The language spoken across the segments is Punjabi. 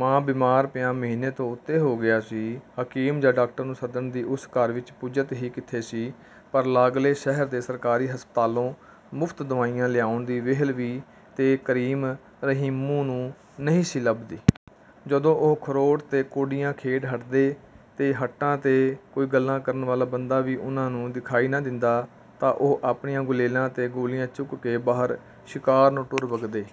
ਮਾਂ ਬੀਮਾਰ ਪਿਆਂ ਮਹੀਨੇ ਤੋਂ ਉੱਤੇ ਹੋ ਗਿਆ ਸੀ। ਹਕੀਮ ਜਾਂ ਡਾਕਟਰ ਨੂੰ ਸੱਦਣ ਦੀ ਉਸ ਘਰ ਵਿਚ ਪੁੱਜਤ ਹੀ ਕਿਥੇ ਸੀ। ਪਰ ਲਾਗਲੇ ਸ਼ਹਿਰ ਦੇ ਸਰਕਾਰੀ ਹਸਪਤਾਲੋਂ ਮੁਫ਼ਤ ਦਵਾਈਆਂ ਲਿਆਉਣ ਦੀ ਵਿਹਲ ਵੀ ਤੇ ਕਰੀਮ-ਰਹੀਮੂ ਨੂੰ ਨਹੀਂ ਸੀ ਲਭਦੀ। ਜਦੋਂ ਉਹ ਖ਼ਰੋਟ ਤੇ ਕੌਡੀਆਂ ਖੇਡ ਹਟਦੇ ਤੇ ਹੱਟਾਂ ਤੇ ਕੋਈ ਗੱਲਾਂ ਕਰਨ ਵਾਲਾ ਬੰਦਾ ਵੀ ਉਨ੍ਹਾਂ ਨੂੰ ਦਿਖਾਈ ਨਾ ਦਿੰਦਾ ਤਾਂ ਉਹ ਆਪਣੀਆਂ ਗੁਲੇਲਾਂ ਤੇ ਗੋਲੀਆਂ ਚੁੱਕ ਕੇ ਬਾਹਰ ਸ਼ਿਕਾਰ ਨੂੰ ਟੁਰ ਵਗਦੇ।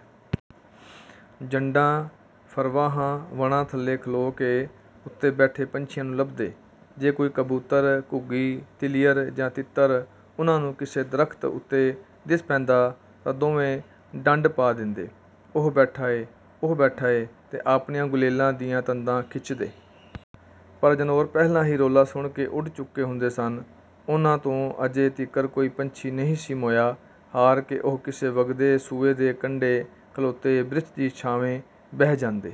ਜੰਡਾਂ, ਫਰਵਾਹਾਂ, ਵਣਾਂ ਥੱਲੇ ਖਲੋ ਕੇ ਉੱਤੇ ਬੈਠੇ ਪੰਛੀਆਂ ਨੂੰ ਲਭਦੇ। ਜੇ ਕੋਈ ਕਬੂਤਰ, ਘੁੱਗੀ, ਤਿਲੀਅਰ ਜਾਂ ਤਿੱਤਰ ਉਨ੍ਹਾਂ ਨੂੰ ਕਿਸੇ ਦਰੱਖਤ ਉੱਤੇ ਦਿਸ ਪੈਂਦਾ ਤਾਂ ਦੋਵੇਂ ਡੰਡ ਪਾ ਦਿੰਦੇ, "ਔਹ ਬੈਠਾ ਏ, ਔਹ ਬੈਠਾ ਏ" ਤੇ ਆਪਣੀਆਂ ਗੁਲੇਲਾਂ ਦੀਆਂ ਤੰਦਾਂ ਖਿਚਦੇ। ਪਰ ਜਨੌਰ ਪਹਿਲਾਂ ਹੀ ਰੌਲਾ ਸੁਣ ਕੇ ਉੱਡ ਚੁੱਕੇ ਹੁੰਦੇ ਸਨ। ਉਨ੍ਹਾਂ ਤੋਂ ਅਜੇ ਤੀਕਰ ਕੋਈ ਪੰਛੀ ਨਹੀਂ ਸੀ ਮੋਇਆ। ਹਾਰ ਕੇ ਉਹ ਕਿਸੇ ਵਗਦੇ ਸੂਏ ਦੇ ਕੰਢੇ ਖਲੋਤੇ ਬ੍ਰਿਛ ਦੀ ਛਾਵੇਂ ਬਹਿ ਜਾਂਦੇ।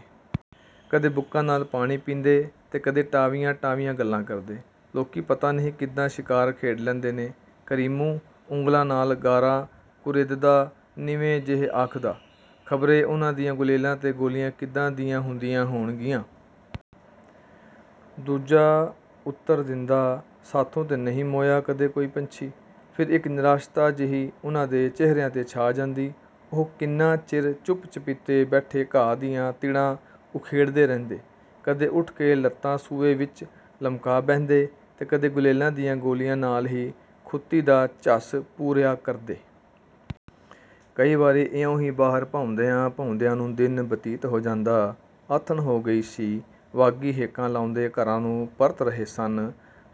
ਕਦੇ ਬੁੱਕਾਂ ਨਾਲ ਪਾਣੀ ਪੀਂਦੇ ਤੇ ਕਦੇ ਟਾਵੀਆਂ ਟਾਵੀਆਂ ਗੱਲਾਂ ਕਰਦੇ। "ਲੋਕੀਂ ਪਤਾ ਨਹੀਂ ਕਿਦਾਂ ਸ਼ਿਕਾਰ ਖੇਡ ਲੈਂਦੇ ਨੇ," ਕਰੀਮੂ ਉਂਗਲਾਂ ਨਾਲ ਗਾਰਾ ਕੁਰੇਦਦਾ ਨਿਵੇਂ ਜਿਹੇ ਆਖਦਾ। ਖ਼ਬਰੇ ਉਨ੍ਹਾਂ ਦੀਆਂ ਗੁਲੇਲਾਂ ਤੇ ਗੋਲੀਆਂ ਕਿਦਾਂ ਦੀਆਂ ਹੁੰਦੀਆਂ ਹੋਣਗੀਆਂ? " ਦੂਜਾ ਉੱਤਰ ਦਿੰਦਾ। "ਸਾਥੋਂ ਤੇ ਨਹੀਂ ਮੋਇਆ ਕਦੇ ਕੋਈ ਪੰਛੀ। " ਫਿਰ ਇਕ ਨਿਰਾਸ਼ਤਾ ਜਿਹੀ ਉਨ੍ਹਾਂ ਦੇ ਚਿਹਰਿਆਂ ਤੇ ਛਾ ਜਾਂਦੀ। ਉਹ ਕਿੰਨਾਂ ਚਿਰ ਚੁੱਪ-ਚੁਪੀਤੇ ਬੈਠੇ ਘਾਹ ਦੀਆਂ ਤਿੜਾਂ ਉਖੇੜਦੇ ਰਹਿੰਦੇ। ਕਦੇ ਉੱਠ ਕੇ ਲੱਤਾਂ ਸੂਏ ਵਿਚ ਲਮਕਾ ਬਹਿੰਦੇ ਤੇ ਕਦੇ ਗੁਲੇਲਾਂ ਦੀਆਂ ਗੋਲੀਆਂ ਨਾਲ ਹੀ ਖੁੱਤੀ ਦਾ ਝੱਸ ਪੂਰਿਆਂ ਕਰਦੇ। ਕਈ ਵਾਰੀ ਇਉਂ ਹੀ ਬਾਹਰ ਭੌਂਦਿਆਂ-ਭੌਂਦਿਆਂ ਨੂੰ ਦਿਨ ਬਤੀਤ ਹੋ ਜਾਂਦਾ। ਆਥਣ ਹੋ ਗਈ ਸੀ। ਵਾਗੀ ਹੇਕਾਂ ਲਾਉਂਦੇ ਘਰਾਂ ਨੂੰ ਪਰਤ ਰਹੇ ਸਨ।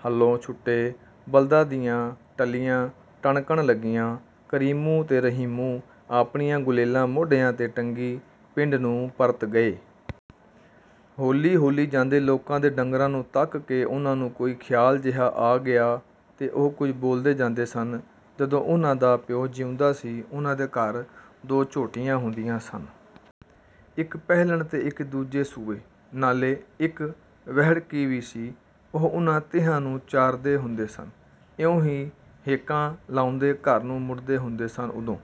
ਹਲੋਂ-ਛੁੱਟੇ ਬਲਦਾਂ ਦੀਆਂ ਟੱਲੀਆਂ ਟਣਕਣ ਲੱਗੀਆਂ। ਕਰੀਮੂ ਤੇ ਰਹੀਮੂ ਆਪਣੀਆਂ ਗੁਲੇਲਾਂ ਮੋਢਿਆਂ ਤੇ ਟੰਗੀ ਪਿੰਡ ਨੂੰ ਪਰਤ ਗਏ। ਹੌਲੀ-ਹੌਲੀ ਜਾਂਦੇ ਲੋਕਾਂ ਦੇ ਡੰਗਰਾਂ ਨੂੰ ਤੱਕ ਕੇ ਉਨ੍ਹਾਂ ਨੂੰ ਕੋਈ ਖ਼ਿਆਲ ਜਿਹਾ ਆ ਗਿਆ ਤੇ ਉਹ ਕੁਝ ਬੋਲਦੇ ਜਾਂਦੇ ਸਨ। ਜਦੋਂ ਉਨ੍ਹਾਂ ਦਾ ਪਿਓ ਜੀਉਂਦਾ ਸੀ, ਉਨ੍ਹਾਂ ਦੇ ਘਰ ਦੋ ਝੋਟੀਆਂ ਹੁੰਦੀਆਂ ਸਨ। ਇਕ ਪਹਿਲਣ ਤੇ ਇਕ ਦੂਜੇ ਸੂਏ। ਨਾਲੇ ਇਕ ਵਹਿੜਕੀ ਵੀ ਸੀ। ਉਹ ਉਨ੍ਹਾਂ ਤਿਹਾਂ ਨੂੰ ਚਾਰਦੇ ਹੁੰਦੇ ਸਨ। ਇਉਂ ਹੀ ਹੇਕਾਂ ਲਾਉਂਦੇ ਘਰ ਨੂੰ ਮੁੜਦੇ ਹੁੰਦੇ ਸਨ ਉਦੋਂ।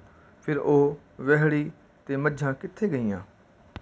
"ਫਿਰ ਉਹ ਵਹਿੜੀ ਤੇ ਮੱਝਾਂ ਕਿਥੇ ਗਈਆਂ? "